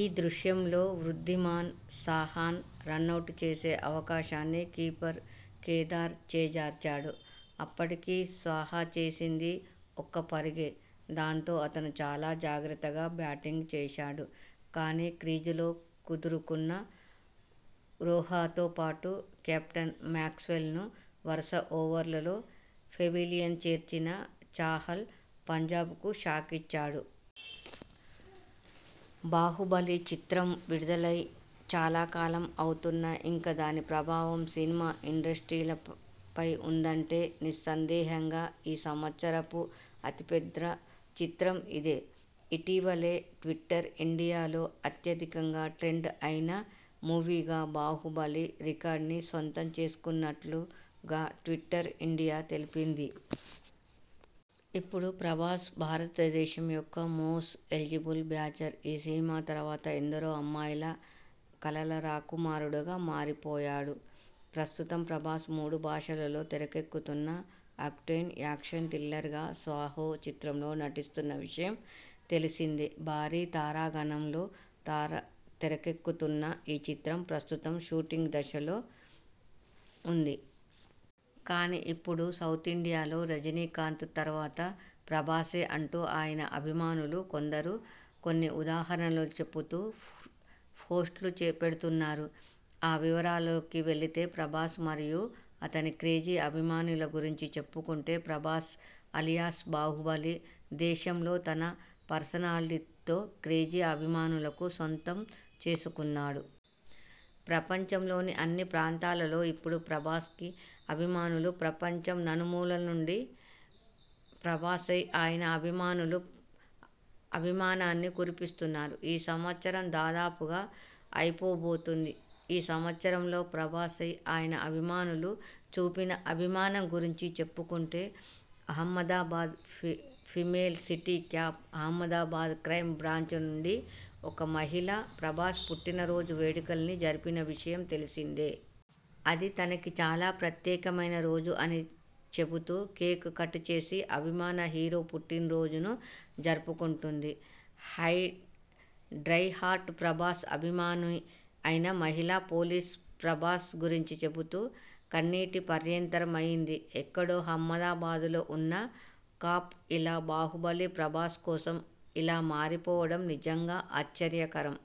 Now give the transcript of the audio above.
ఈ దృశ్యంలో వృద్ధిమాన్ సాహాన్ రనౌట్ చేసే అవకాశాన్ని కీపర్ కేదార్ చేజార్చాడు. అప్పటికి సాహా చేసింది ఒక పరుగే. దాంతో అతను చాలా జాగ్రత్తగా బ్యాటింగ్ చేశాడు. కానీ, క్రీజులో కుదురుకున్న వోహ్రాతో పాటు కెప్టెన్ మాక్స్వెల్ ను వరుస ఓవర్లలో పెవిలియన్ చేర్చిన చాహల్ పంజాబ్కు షాకిచ్చాడు. 'బాహుబలి ' చిత్రం విడుదలై చాలా కాలం అవుతున్నా ఇంకా దాని ప్రభావం సినిమా ఇండస్ట్రీలపై ఉందంటే నిస్సందేహంగా ఈ సంవత్సరపు అతిపెద్ద చిత్రం ఇదే. ఇటీవలే ట్విట్టర్ ఇండియాలో అత్యధికంగా ట్రెండ్ అయిన మూవీగా 'బాహుబలి ' రికార్డ్ని సొంతం చేసుకున్నట్లుగా ట్విట్టర్ ఇండియా తెలిపింది. ఇప్పుడు ప్రభాస్ భారతదేశం యొక్క మోస్ట్ ఎలిజిబుల్ బ్యాచ్లర్. ఈ సినిమా తర్వాత ఎందరో అమ్మాయిల కలల రాకుమారుడుగా మారిపోయాడు. ప్రస్తుతం ప్రభాస్ మూడు భాషలలో తెరకెక్కుతున్న ఆక్టేన్ యాక్షన్ థ్రిల్లర్ 'సాహో' చిత్రంలో నటిస్తున్న విషయం తెలిసిందే. భారీ తారాగణంతో తెరకెక్కుతున్న ఈ చిత్రం ప్రస్తుతం షూటింగ్ దశలో ఉంది. కానీ ఇప్పడు సౌతిండియాలో రజినీకాంత్ తర్వాత ప్రభాసే అంటూ ఆయన అభిమానులు కొందరు కొన్ని ఉదహరణలు చెబుతూ పోస్ట్లు పెడుతున్నారు. ఆ వివరాలలోకి వెళితే ప్రభాస్ మరియు అతని క్రేజీ అభిమానుల గురించి చెప్పుకుంటే ప్రభాస్ అలియాస్ బాహుబలి దేశంలో తన పర్సనాలిటీతో క్రేజీ అభిమానులను సొంతం చేసుకున్నాడు. ప్రపంచంలోని అన్ని ప్రాంతాలలో ఇప్పుడు ప్రభాస్కి అభిమానులున్నారు. ప్రపంచం నలుమూలల నుండి ప్రభాస్పై ఆయన అభిమానులు అభిమానాన్ని కురిపిస్తున్నారు. ఈ సంవత్సరం దాదాపుగా అయిపోబోతుంది. ఈ సంవత్సరంలో ప్రభాస్పై ఆయన అభిమానుల చూపిన అభిమానం గురించి చెప్పుకుంటే Ahmedabad female city cop Ahmedabad crime branch నుండి ఒక మహిళ ప్రభాస్ పుట్టినరోజున వేడుకలని జరిపిన విషయం తెలిసిందే. అది చాలా ప్రత్యేకమైన రోజు అని చెబుతూ కేక్ కట్ చేసి అభిమాన హీరో పుట్టినరోజును జరుపుకుంటుంది. డై-హార్డ్ ప్రభాస్ అభిమాని అయిన మహిళా పోలీసు ప్రభాస్ గురించి చెబుతూ కన్నీటిపర్యంతమయింది. ఎక్కడో అహ్మదాబాద్లో ఉన్న కాప్ ఇలా బాహుబలి ప్రభాస్ కోసం ఇలా మారిపోవడం నిజంగా ఆశ్చర్యకరం.